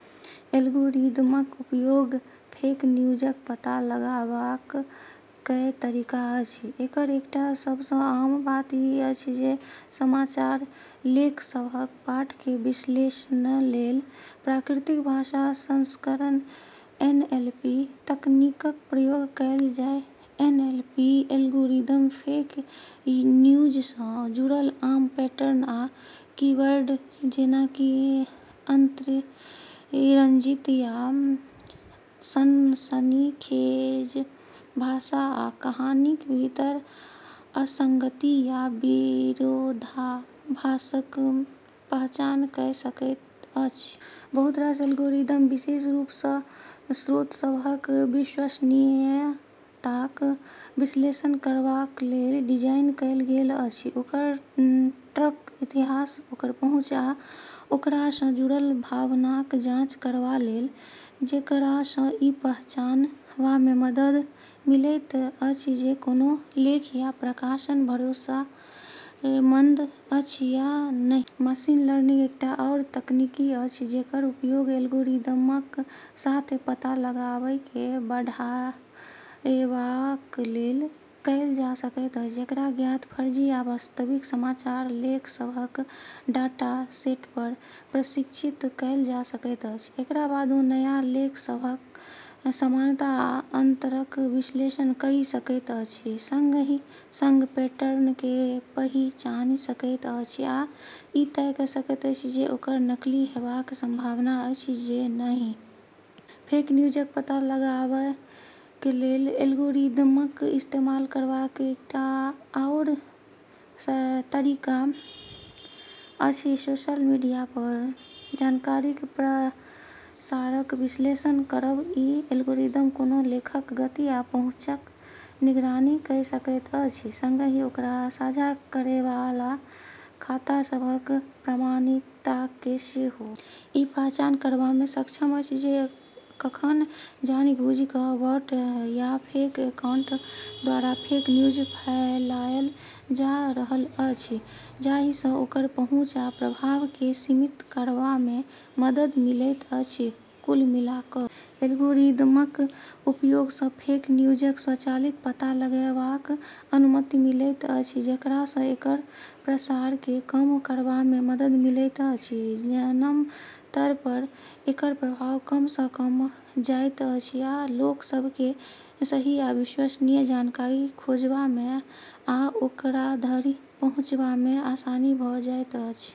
एल्गोरिदमक उपयोग फेक न्यूजक पता लगाएबाक कए तरीका अछि। एकर एकटा सबसँ आम बात ई अछि जे समाचार लेखसभक पाठकेँ विश्लेषणलेल प्राकृतिक भाषा प्रसंस्करण (एनएलपी) तकनीकक प्रयोग कएल जाए। एनएलपी एल्गोरिदम फेक न्यूजसँ जुड़ल आम पैटर्न आ कीवर्ड, जेना कि अतिरंजित या सनसनीखेज भाषा, आ कहानीक भीतर असंगति या विरोधाभासक पहचान कइ सकैत अछि। बहुत रास एल्गोरिदम विशेष रूपसँ स्रोतसभक विश्वसनीयताक विश्लेषण करबाकलेल डिजाइन कएल गेल अछि, ओकर ट्रैक इतिहास, ओकर पहुँच आ ओकरासँ जुड़ल भावनाक जांच करबाकलेल, जेकरासँ ई पहचानबामे मदद मिलैत अछि जे कोनो लेख या प्रकाशन भरोसेमंद अछि या नहि। मशीन लर्निंग एकटा आओर तकनीक अछि जेकर उपयोग एल्गोरिदमक साथ पता लगाएबकेँ बढ़ाएबाकलेल कएल जा सकैत अछि जेकरा ज्ञात फर्जी आ वास्तविक समाचार लेखसभक डाटासेटपर प्रशिक्षित कएल जा सकैत अछि। एकरा बाद ओ नया लेखसभक समानता आ अंतरक विश्लेषण कइ सकैत अछि, संगही संग पैटर्नकेँ पहिचानि सकैत अछि, आ ई तय कइ सकैत अछि जे ओकर नकली हेबाक संभावना अछि जे नहि। फेक न्यूजक पता लगाएबाकलेल एल्गोरिदमक इस्तेमाल करबाक एकटा आओर तरीका अछि सोशल मीडियापर जानकारीक प्रसारक विश्लेषण करब। ई एल्गोरिदम कोनो लेखक गति आ पहुँचक निगरानी कइ सकैत अछि, संगही ओकरा साझा करैबाला खातासभक प्रामाणिकताकेँ सेहो। ई पहचान करबामे सक्षम अछि जे कखन जानि-बूझि कऽ बॉट या फेक अकाउंट द्वारा फेक न्यूज फैलाएल जा रहल अछि, जाहिसँ ओकर पहुँच आ प्रभावकेँ सीमित करबामे मदद मिलैत अछि। कुल मिला कऽ एल्गोरिदमक उपयोगसँ फेक न्यूजक स्वचालित पता लगाएबाक अनुमति मिलैत अछि, जेकरासँ एकर प्रसारकेँ कम करबामे मदद मिलैत अछि, जनमतपर एकर प्रभाव कम सँ कम भऽ जाइत अछि, आ लोकसभकेँ सही आ विश्वसनीय जानकारी खोजबामे आ ओकराधरि पहुँचबामे आसानी भऽ जाइत अछि।